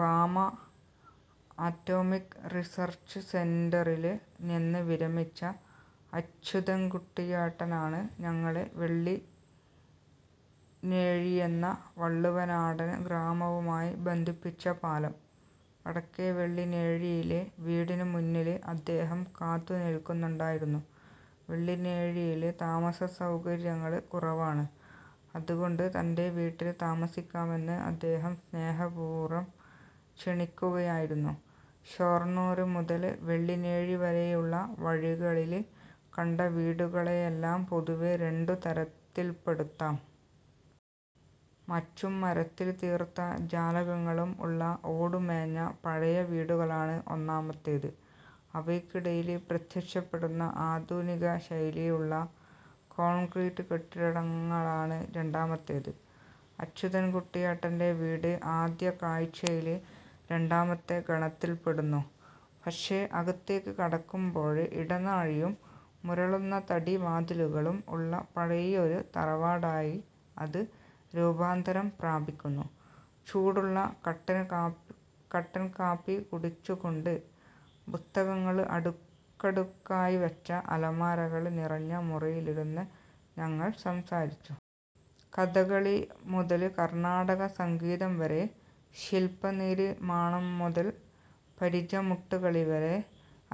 ഭാമഅറ്റോമിക് research സെന്ററില് നിന്ന് വിരമിച്ച അച്യുതന്കുട്ടിയേട്ടനാണ് ഞങ്ങളെ വെള്ളിനേഴിയെന്ന വള്ളുവനാടന് ഗ്രാമവുമായി ബന്ധിപ്പിച്ച പാലം. വടക്കേ വെള്ളിനേഴിയിലെ വീടിനു മുന്നില് അദ്ദേഹം കാത്തുനില്ക്കുന്നുണ്ടായിരുന്നു. വെള്ളിനേഴിയില് താമസസൗകര്യങ്ങള് കുറവാണ്. അതുകൊണ്ട് തന്റെ വീട്ടില് താമസിക്കാമെന്ന് അദ്ദേഹം സ്നേഹപൂര്വം ക്ഷണിക്കുകയായിരുന്നു. ഷൊര്ണൂര് മുതല് വെള്ളിനേഴിവരെയുള്ള വഴികളില് കണ്ട വീടുകളെയെല്ലാം പൊതുവേ രണ്ടുതരത്തില്പ്പെടുത്താം. മച്ചും മരത്തില് തീര്ത്ത ജാലകങ്ങളും ഉള്ള ഓടുമേഞ്ഞ പഴയവീടുകളാണ് ഒന്നാമത്തെത്. അവയ്ക്കിടയില് പ്രത്യക്ഷപ്പെടുന്ന ആധുനികശൈലിയിലുള്ള കോണ്ക്രീറ്റ് കെട്ടിടങ്ങളാണ് രണ്ടാമത്തെത്. അച്യുതന്കുട്ടിയേട്ടന്റെ വീട് ആദ്യ കാഴ്ചയില് രണ്ടാമത്തെ ഗണത്തില്പ്പെടുന്നു. പക്ഷേ, അകത്തേക്ക് കടക്കുമ്പോള് ഇടനാഴിയും മുരളുന്ന തടി വാതിലുകളും ഉള്ള പഴയൊരു തറവാടായി അത് രൂപാന്തരം പ്രാപിക്കുന്നു. ചൂടുള്ള കട്ടന്കാപ്പി കുടിച്ചുകൊണ്ട് പുസ്തകങ്ങള് അടുക്കടുക്കായിവെച്ച അലമാരകള് നിറഞ്ഞ മുറിയിലിരുന്ന് ഞങ്ങള് സംസാരിച്ചു. കഥകളിമുതല് കര്ണാടകസംഗീതംവരെ, ശില്പനിര്മാണംമുതല് പരിചമുട്ടുകളിവരെ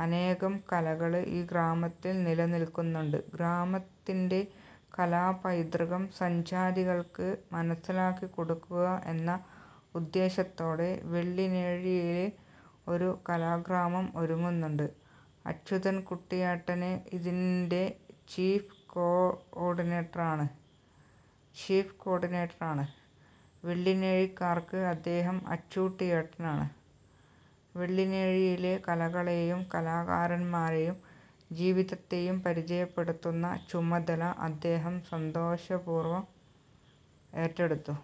അനേകം കലകള് ഈ ഗ്രാമത്തില് നിലനില്ക്കുന്നുണ്ട്. ഗ്രാമത്തിന്റെ കലാപൈതൃകം സഞ്ചാരികള്ക്ക് മനസ്സിലാക്കികൊടുക്കുക എന്ന ഉദ്ദേശ്യത്തോടെ വെള്ളിനേഴിയില് ഒരു കലാഗ്രാമം ഒരുങ്ങുന്നുണ്ട്. അച്യുതന്കുട്ടിയേട്ടന് ഇതിന്റെ ചീഫ് കോ ഓഡിനേറ്റര് ആണ്. വെള്ളിനേഴിക്കാര്ക്ക് അദ്ദേഹം അച്ചൂട്ടിയേട്ടനാണ്. വെള്ളിനേഴിയിലെ കലകളെയും കലാകാരന്മാരെയും ജീവിതത്തെയും പരിചയപ്പെടുത്തുന്ന ചുമതല അദ്ദേഹം സന്തോഷപൂര്വം ഏറ്റെടുത്തു.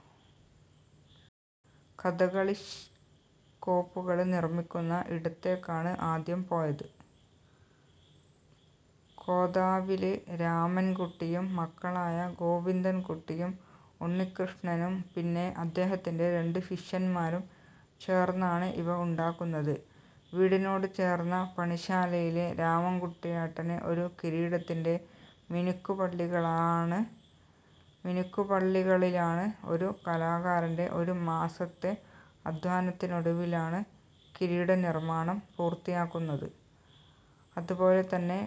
കഥകളിക്കോപ്പുകള് നിര്മിക്കുന്ന ഇടത്തേക്കാണ് ആദ്യം പോയത്. കോതാവില് രാമന്കുട്ടിയും മക്കളായ ഗോവിന്ദന്കുട്ടിയും ഉണ്ണികൃഷ്ണനും പിന്നെ അദേഹത്തിന്റെ രണ്ടുശിഷ്യന്മാരും ചേര്ന്നാണ് ഇവ ഉണ്ടാക്കുന്നത്. വീടിനോടു ചേര്ന്ന പണിശാലയില് രാമന്കുട്ടിയേട്ടന് ഒരു കിരീടത്തിന്റെ മിനുക്കുപള്ളികളിലാണ്. ഒരു കലാകാരന്റെ ഒരു മാസത്തെ അധ്വാനത്തിനൊടുവിലാണ് കിരീടനിര്മാണം പൂര്ത്തിയാകുന്നത്. അതുപോലെതന്നെ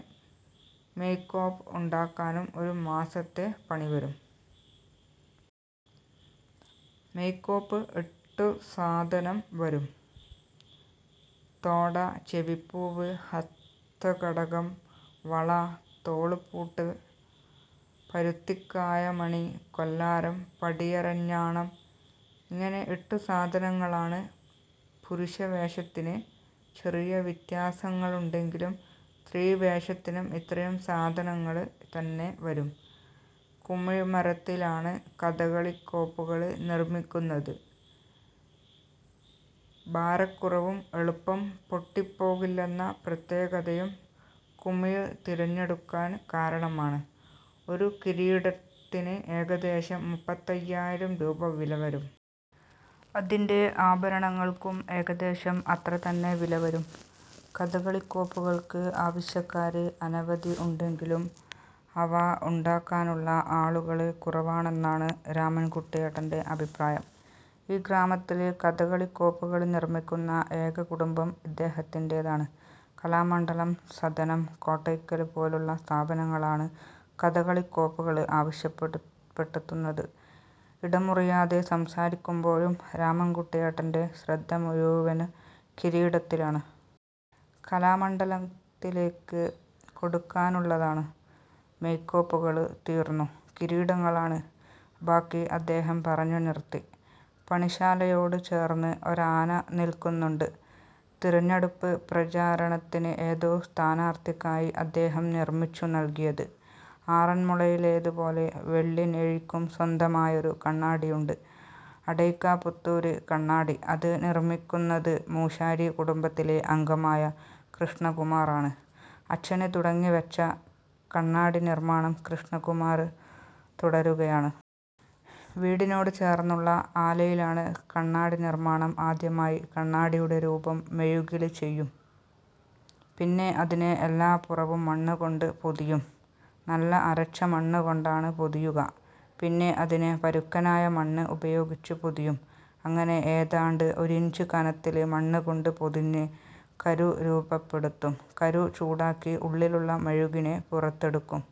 മെയ്ക്കോപ്പ് ഉണ്ടാക്കാനും ഒരു മാസത്തെ പണിവരും. മെയ്ക്കോപ്പ് എട്ടു സാധനം വരും. തോട, ചെവിപ്പൂവ്, ഹസ്തകടകം, വള, തോള്പ്പൂട്ട്, പരുത്തിക്കായമണി, കൊല്ലാരം, പടിയരഞ്ഞാണം. ഇങ്ങനെ എട്ടുസാധനങ്ങളാണ് പുരുഷവേഷത്തിന്. ചെറിയ വ്യത്യാസങ്ങളുണ്ടെങ്കിലും സ്ത്രീവേഷത്തിനും ഇത്രയും സാധനങ്ങള് തന്നെ വരും. കുമിഴ് മരത്തിലാണ് കഥകളിക്കോപ്പുകള് നിര്മിക്കുന്നത്. ഭാരക്കുറവും എളുപ്പം പൊട്ടിപ്പോകില്ലെന്ന പ്രത്യേകതയും കുമിഴ് തിരഞ്ഞെടുക്കാന് കാരണമാണ്. ഒരു കിരീടത്തിന് ഏകദേശം മുപ്പത്തയ്യായിരം രൂപ വില വരും. അതിന്റെ ആഭരണങ്ങള്ക്കും ഏകദേശം അത്ര തന്നെ വിലവരും. കഥകളിക്കോപ്പുകള്ക്ക് ആവശ്യക്കാര് അനവധി ഉണ്ടെങ്കിലും അവ ഉണ്ടാക്കാനുള്ള ആളുകള് കുറവാണെന്നാണ് രാമന്കുട്ടിയേട്ടന്റെ അഭിപ്രായം. ഈ ഗ്രാമത്തില് കഥകളിക്കോപ്പുകള് നിര്മിക്കുന്ന ഏക കുടുംബം ഇദ്ദേഹത്തിന്റെതാണ്. കലാമണ്ഡലം, സദനം, കോട്ടയ്ക്കല് പോലുള്ള സ്ഥാപനങ്ങളാണ് കഥകളിക്കോപ്പുകള് ആവശ്യപ്പെട്ടെത്തുന്നത്. ഇടമുറിയാതെ സംസാരിക്കുമ്പോഴും രാമന്കുട്ടിയേട്ടന്റെ ശ്രദ്ധമുഴുവന് കിരീടത്തിലാണ്. കലാമണ്ഡലത്തിലേക്ക് കൊടുക്കാനുള്ളതാണ്, മെയ്ക്കോപ്പുകള് തീര്ന്നു, കിരീടങ്ങളാണ് ബാക്കിഅദ്ദേഹം പറഞ്ഞുനിര്ത്തി. പണിശാലയോടു ചേര്ന്ന് ഒരാന നില്ക്കുന്നുണ്ട്. തിരഞ്ഞെടുപ്പ് പ്രചാരണത്തിന് ഏതോ സ്ഥാനാര്ഥിക്കായി അദ്ദേഹം നിര്മിച്ചു നല്കിയത്. ആറന്മുളയിലേതുപോലെ വെള്ളിനേഴിക്കും സ്വന്തമായൊരു കണ്ണാടിയുണ്ട്. അടയ്ക്കാപുത്തൂര് കണ്ണാടി. അത് നിര്മിക്കുന്നത് മൂശാരി കുടുംബത്തിലെ അംഗമായ കൃഷ്ണകുമാറാണ്. അച്ഛന് തുടങ്ങിവെച്ച കണ്ണാടിനിര്മാണം കൃഷ്ണകുമാര് തുടരുകയാണ്. വീടിനോടു ചേര്ന്നുള്ള ആലയിലാണ് കണ്ണാടിനിര്മാണം. ആദ്യമായി കണ്ണാടിയുടെ രൂപം മെഴുകില് ചെയ്യും. പിന്നെ അതിനെ എല്ലാപുറവും മണ്ണുകൊണ്ട് പൊതിയും. നല്ല അരച്ച മണ്ണുകൊണ്ടാണ് പൊതിയുക. പിന്നെ അതിനെ പരുക്കനായ മണ്ണ് ഉപയോഗിച്ച് പൊതിയും. അങ്ങനെ ഏതാണ്ട് ഒരിഞ്ച് കനത്തില് മണ്ണുകൊണ്ട് പൊതിഞ്ഞ് കരു രൂപപ്പെടുത്തും. കരു ചൂടാക്കി ഉള്ളിലുള്ള മെഴുകിനെ പുറത്തെടുക്കും.